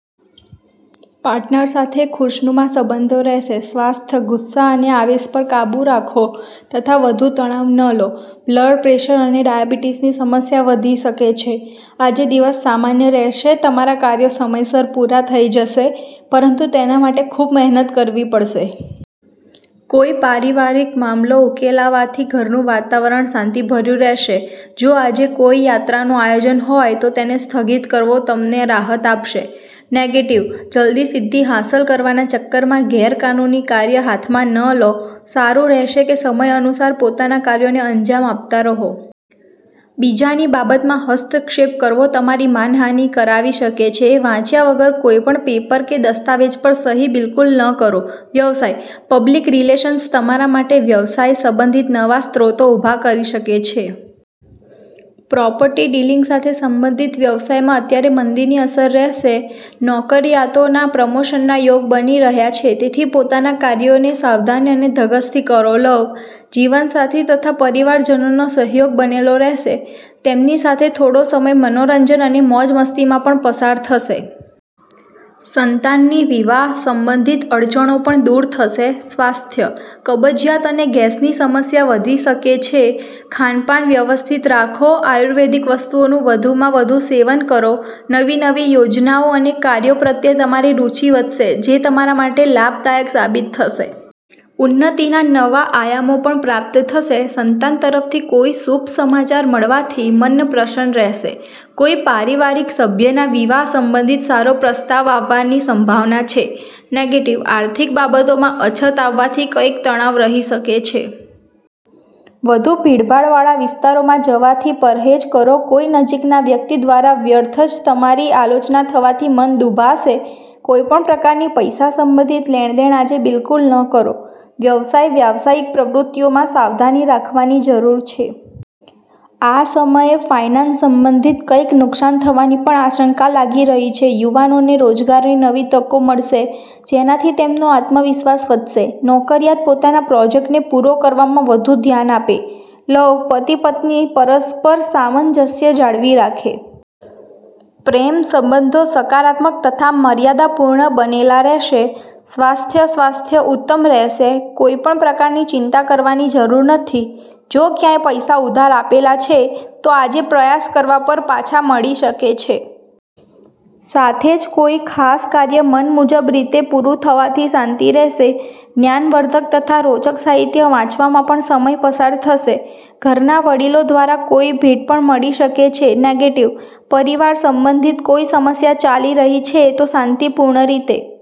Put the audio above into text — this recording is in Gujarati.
પાર્ટનર સાથે ખુશનુમા સંબંધો રહેશે. સ્વાસ્થ્ય:- ગુસ્સા અને આવેશ પર કાબૂ રાખો તથા વધુ તણાવ ન લો. બ્લડ પ્રેશર અને ડાયાબિટીસની સમસ્યા વધી શકે છે. આજે દિવસ સામાન્ય રહેશે. તમારા કાર્યો સમયસર પૂરા થઈ જશે, પરંતુ તેના માટે ખૂબ વધુ મહેનત કરવી પડશે. કોઈ પારિવારિક મામલો ઉકેલાવાથી ઘરનું વાતાવરણ શાંતિભર્યું રહેશે. જો આજે કોઈ યાત્રાનું આયોજન હોય, તો તેને સ્થગિત કરવો તમને રાહત આપશે. નેગેટિવ:- જલ્દી સિદ્ધિ હાંસલ કરવાના ચક્કરમાં ગેરકાનૂની કાર્ય હાથમાં ન લો. સારું રહેશે કે સમય અનુસાર પોતાના કાર્યોને અંજામ આપતા રહો. બીજાની બાબતમાં હસ્તક્ષેપ કરવો તમારી માનહાનિ કરાવી શકે છે. વાંચ્યા વગર કોઈ પણ પેપર કે દસ્તાવેજ પર સહી બિલકુલ ન કરો. વ્યવસાય:- પબ્લિક રિલેશન્સ તમારા માટે વ્યવસાય સંબંધિત નવા સ્ત્રોતો ઊભા કરી શકે છે. પ્રોપર્ટી ડીલિંગ સાથે સંબંધિત વ્યવસાયમાં અત્યારે મંદીની અસર રહેશે. નોકરીયાતોના પ્રમોશનના યોગ બની રહ્યા છે, તેથી પોતાના કાર્યોને સાવધાની અને ધગશથી કરો. લવ:- જીવનસાથી તથા પરિવારજનોનો સહયોગ બનેલો રહેશે. તેમની સાથે થોડો સમય મનોરંજન અને મોજ-મસ્તીમાં પણ પસાર થશે. સંતાનની વિવાહ સંબંધિત અડચણો પણ દૂર થશે. સ્વાસ્થ્ય:- કબજિયાત અને ગેસની સમસ્યા વધી શકે છે. ખાનપાન વ્યવસ્થિત રાખો, આયુર્વેદિક વસ્તુઓનું વધુમાં વધુ સેવન કરો. નવી-નવી યોજનાઓ અને કાર્યો પ્રત્યે તમારી રુચિ વધશે, જે તમારા માટે લાભદાયક સાબિત થશે. ઉન્નતિના નવા આયામો પણ પ્રાપ્ત થશે. સંતાન તરફથી કોઈ શુભ સમાચાર મળવાથી મન પ્રસન્ન રહેશે. કોઈ પારિવારિક સભ્યના વિવાહ સંબંધિત સારો પ્રસ્તાવ આવવાની સંભાવના છે. નેગેટિવ:- આર્થિક બાબતોમાં અછત આવવાથી કંઈક તણાવ રહી શકે છે. વધુ ભીડભાડ વાળા વિસ્તારોમાં જવાથી પરહેજ કરો. કોઈ નજીકના વ્યક્તિ દ્વારા વ્યર્થ જ તમારી આલોચના થવાથી મન દુભાશે. કોઈ પણ પ્રકારની પૈસા સંબંધિત લેણ-દેણ આજે બિલકુલ ન કરો. વ્યવસાય- વ્યાવસાયિક પ્રવૃત્તિઓમાં સાવધાની રાખવાની જરૂર છે. આ સમયે ફાઇનાન્સ સંબંધિત કંઈક નુકસાન થવાની પણ આશંકા લાગી રહી છે. યુવાનોને રોજગારની નવી તકો મળશે, જેનાથી તેમનો આત્મવિશ્વાસ વધશે. નોકરીયાત પોતાના પ્રોજેક્ટને પૂરો કરવામાં વધુ ધ્યાન આપે. લવ- પતિ-પત્ની પરસ્પર સામંજસ્ય જાળવી રાખે. પ્રેમ સંબંધો સકારાત્મક તથા મર્યાદાપૂર્ણ બનેલા રહેશે. સ્વાસ્થ્ય- સ્વાસ્થ્ય ઉત્તમ રહેશે. કોઈ પણ પ્રકારની ચિંતા કરવાની જરૂર નથી. જો ક્યાંક પૈસા ઉધાર આપેલા છે, તો આજે પ્રયાસ કરવા પર પાછા મળી શકે છે. સાથે જ કોઈ ખાસ કાર્ય મન મુજબ રીતે પૂરું થવાથી શાંતિ રહેશે. જ્ઞાનવર્ધક તથા રોચક સાહિત્ય વાંચવામાં પણ સમય પસાર થશે. ઘરના વડીલો દ્વારા કોઈ ભેટ પણ મળી શકે છે. નેગેટિવ- પરિવાર સંબંધિત કોઈ સમસ્યા ચાલી રહી છે, તો શાંતિપૂર્ણ રીતે